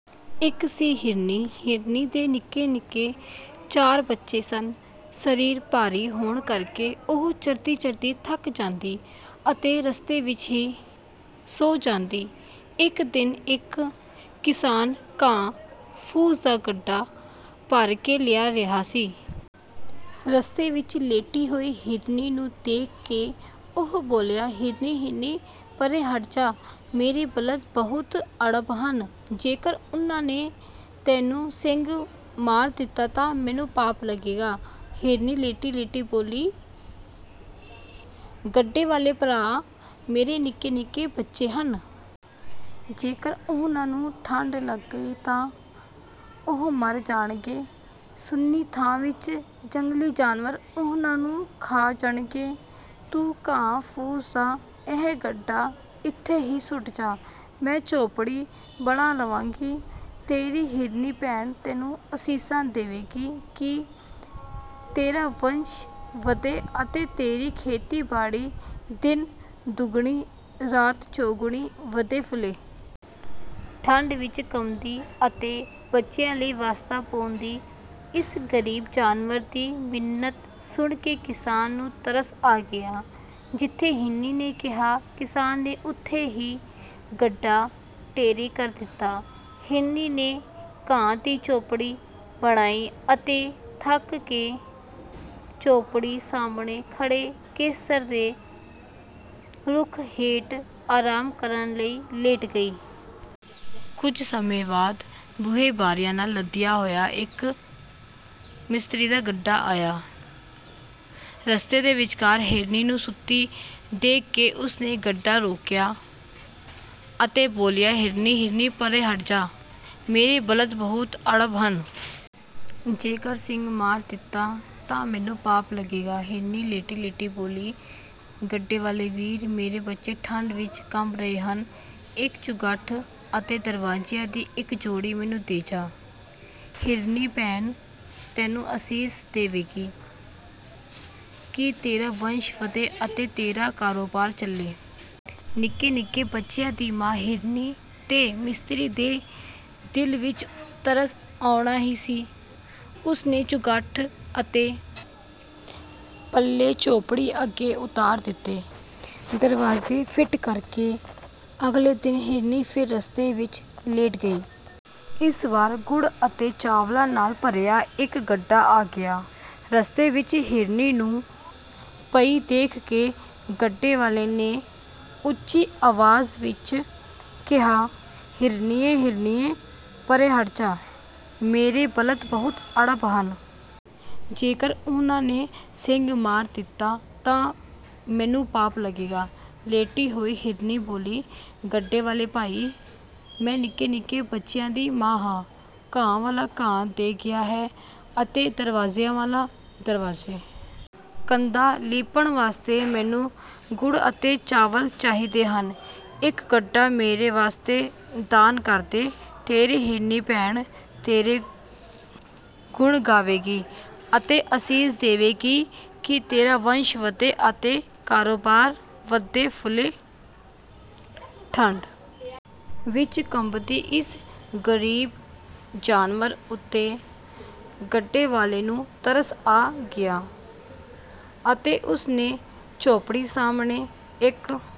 ਇੱਕ ਸੀ ਹਿਰਨੀ। ਹਿਰਨੀ ਦੇ ਨਿੱਕੇ-ਨਿੱਕੇ ਚਾਰ ਬੱਚੇ ਸਨ। ਸਰੀਰ ਭਾਰੀ ਹੋਣ ਕਰਕੇ ਉਹ ਚਰਦੀ-ਚਰਦੀ ਥੱਕ ਜਾਂਦੀ ਅਤੇ ਰਸਤੇ ਵਿੱਚ ਹੀ ਸੌਂ ਜਾਂਦੀ। ਇੱਕ ਦਿਨ ਇੱਕ ਕਿਸਾਨ ਘਾਹ-ਫੂਸ ਦਾ ਗੱਡਾ ਭਰ ਕੇ ਲਿਆ ਰਿਹਾ ਸੀ। ਰਸਤੇ ਵਿੱਚ ਲੇਟੀ ਹੋਈ ਹਿਰਨੀ ਨੂੰ ਦੇਖ ਕੇ ਉਹ ਬੋਲਿਆ, "ਹਿਰਨੀ, ਹਿਰਨੀ ਪਰ੍ਹੇ ਹਟ ਜਾ, ਮੇਰੇ ਬਲਦ ਬਹੁਤ ਅੜਬ ਹਨ। ਜੇਕਰ ਉਹਨਾਂ ਨੇ ਤੈਨੂੰ ਸਿੰਗ ਮਾਰ ਦਿੱਤਾ ਤਾਂ ਮੈਨੂੰ ਪਾਪ ਲੱਗੇਗਾ।" ਹਿਰਨੀ ਲੇਟੀ-ਲੇਟੀ ਬੋਲੀ, "ਗੱਡੇ ਵਾਲੇ ਭਰਾ, ਮੇਰੇ ਨਿੱਕੇ-ਨਿੱਕੇ ਬੱਚੇ ਹਨ। ਜੇਕਰ ਉਹਨਾਂ ਨੂੰ ਠੰਢ ਲੱਗ ਗਈ ਤਾਂ ਉਹ ਮਰ ਜਾਣਗੇ, ਸੁੰਨੀ ਥਾਂ ਵਿੱਚ ਜੰਗਲੀ ਜਾਨਵਰ ਉਹਨਾਂ ਨੂੰ ਖਾ ਜਾਣਗੇ। ਤੂੰ ਘਾਹ-ਫੂਸ ਦਾ ਇਹ ਗੱਡਾ ਇੱਥੇ ਹੀ ਸੁੱਟ ਜਾ, ਮੈਂ ਝੌਂਪੜੀ ਬਣਾ ਲਵਾਂਗੀ। ਤੇਰੀ ਹਿਰਨੀ ਭੈਣ ਤੈਨੂੰ ਅਸੀਸਾਂ ਦੇਵੇਗੀ ਕਿ ਤੇਰਾ ਵੰਸ਼ ਵਧੇ ਅਤੇ ਤੇਰੀ ਖੇਤੀਬਾੜੀ ਦਿਨ-ਦੁਗਣੀ ਰਾਤ-ਚੌਗੁਣੀ ਵਧੇ-ਫੁੱਲੇ।" ਠੰਢ ਵਿੱਚ ਕੰਬਦੀ ਅਤੇ ਬੱਚਿਆਂ ਲਈ ਵਾਸਤਾ ਪਾਉਂਦੀ ਇਸ ਗ਼ਰੀਬ ਜਾਨਵਰ ਦੀ ਮਿੰਨਤ ਸੁਣ ਕੇ ਕਿਸਾਨ ਨੂੰ ਤਰਸ ਆ ਗਿਆ। ਜਿੱਥੇ ਹਿਰਨੀ ਨੇ ਕਿਹਾ, ਕਿਸਾਨ ਨੇ ਉੱਥੇ ਹੀ ਗੱਡਾ ਢੇਰੀ ਕਰ ਦਿੱਤਾ। ਹਿਰਨੀ ਨੇ ਘਾਹ ਦੀ ਝੌਂਪੜੀ ਬਣਾਈ ਅਤੇ ਥੱਕ ਕੇ ਝੌਂਪੜੀ ਸਾਹਮਣੇ ਖੜ੍ਹੇ ਕੇਸਰ ਦੇ ਰੁੱਖ ਹੇਠ ਆਰਾਮ ਕਰਨ ਲਈ ਲੇਟ ਗਈ। ਕੁਝ ਸਮੇਂ ਬਾਅਦ ਬੂਹੇ-ਬਾਰੀਆਂ ਨਾਲ ਲੱਦਿਆ ਹੋਇਆ ਇੱਕ ਮਿਸਤਰੀ ਦਾ ਗੱਡਾ ਆਇਆ। ਰਸਤੇ ਦੇ ਵਿਚਕਾਰ ਹਿਰਨੀ ਨੂੰ ਸੁੱਤੀ ਦੇਖ ਕੇ ਉਸ ਨੇ ਗੱਡਾ ਰੋਕਿਆ ਅਤੇ ਬੋਲਿਆ, "ਹਿਰਨੀ, ਹਿਰਨੀ ਪਰ੍ਹੇ ਹਟ ਜਾ, ਮੇਰੇ ਬਲਦ ਬਹੁਤ ਅੜਬ ਹਨ। ਜੇਕਰ ਸਿੰਗ ਮਾਰ ਦਿੱਤਾ ਤਾਂ ਮੈਨੂੰ ਪਾਪ ਲੱਗੇਗਾ।" ਹਿਰਨੀ ਲੇਟੀ-ਲੇਟੀ ਬੋਲੀ, "ਗੱਡੇ ਵਾਲੇ ਵੀਰ, ਮੇਰੇ ਬੱਚੇ ਠੰਢ ਵਿੱਚ ਕੰਬ ਰਹੇ ਹਨ। ਇੱਕ ਚੁਗਾਠ ਅਤੇ ਦਰਵਾਜ਼ਿਆਂ ਦੀ ਇੱਕ ਜੋੜੀ ਮੈਨੂੰ ਦੇ ਜਾ। ਹਿਰਨੀ ਭੈਣ ਤੈਨੂੰ ਅਸੀਸ ਦੇਵੇਗੀ ਕਿ ਤੇਰਾ ਵੰਸ਼ ਵਧੇ ਅਤੇ ਤੇਰਾ ਕਾਰੋਬਾਰ ਚੱਲੇ।" ਨਿੱਕੇ-ਨਿੱਕੇ ਬੱਚਿਆਂ ਦੀ ਮਾਂ ਹਿਰਨੀ 'ਤੇ ਮਿਸਤਰੀ ਦੇ ਦਿਲ ਵਿੱਚ ਤਰਸ ਆਉਣਾ ਹੀ ਸੀ, ਉਸ ਨੇ ਚੁਗਾਠ ਅਤੇ ਪੱਲੇ ਝੌਂਪੜੀ ਅੱਗੇ ਉਤਾਰ ਦਿੱਤੇ। ਦਰਵਾਜ਼ੇ ਫਿੱਟ ਕਰਕੇ ਅਗਲੇ ਦਿਨ ਹਿਰਨੀ ਫਿਰ ਰਸਤੇ ਵਿੱਚ ਲੇਟ ਗਈ। ਇਸ ਵਾਰ ਗੁੜ ਅਤੇ ਚਾਵਲਾਂ ਨਾਲ ਭਰਿਆ ਇੱਕ ਗੱਡਾ ਆ ਗਿਆ। ਰਸਤੇ ਵਿੱਚ ਹਿਰਨੀ ਨੂੰ ਪਈ ਦੇਖ ਕੇ ਗੱਡੇ ਵਾਲੇ ਨੇ ਉੱਚੀ ਆਵਾਜ਼ ਵਿੱਚ ਕਿਹਾ, "ਹਿਰਨੀਏ, ਹਿਰਨੀਏ ਪਰ੍ਹੇ ਹਟ ਜਾ, ਮੇਰੇ ਬਲਦ ਬਹੁਤ ਅੜਬ ਹਨ। ਜੇਕਰ ਉਹਨਾਂ ਨੇ ਸਿੰਗ ਮਾਰ ਦਿੱਤਾ ਤਾਂ ਮੈਨੂੰ ਪਾਪ ਲੱਗੇਗਾ।" ਲੇਟੀ ਹੋਈ ਹਿਰਨੀ ਬੋਲੀ, "ਗੱਡੇ ਵਾਲੇ ਭਾਈ, ਮੈਂ ਨਿੱਕੇ-ਨਿੱਕੇ ਬੱਚਿਆਂ ਦੀ ਮਾਂ ਹਾਂ। ਘਾਹ ਵਾਲਾ ਘਾਹ ਦੇ ਗਿਆ ਹੈ ਅਤੇ ਦਰਵਾਜ਼ਿਆਂ ਵਾਲਾ ਦਰਵਾਜ਼ੇ। ਕੰਧਾਂ ਲਿੱਪਣ ਵਾਸਤੇ ਮੈਨੂੰ ਗੁੜ ਅਤੇ ਚਾਵਲ ਚਾਹੀਦੇ ਹਨ, ਇੱਕ ਗੱਡਾ ਮੇਰੇ ਵਾਸਤੇ ਦਾਨ ਕਰ ਦੇ। ਤੇਰੀ ਹਿਰਨੀ ਭੈਣ ਤੇਰੇ ਗੁਣ ਗਾਵੇਗੀ ਅਤੇ ਅਸੀਸ ਦੇਵੇਗੀ ਕਿ ਤੇਰਾ ਵੰਸ਼ ਵਧੇ ਅਤੇ ਕਾਰੋਬਾਰ ਵਧੇ-ਫੁੱਲੇ।" ਠੰਢ ਵਿੱਚ ਕੰਬਦੀ ਇਸ ਗ਼ਰੀਬ ਜਾਨਵਰ ਉੱਤੇ ਗੱਡੇ ਵਾਲੇ ਨੂੰ ਤਰਸ ਆ ਗਿਆ ਅਤੇ ਉਸ ਨੇ ਝੌਂਪੜੀ ਸਾਹਮਣੇ ਇੱਕ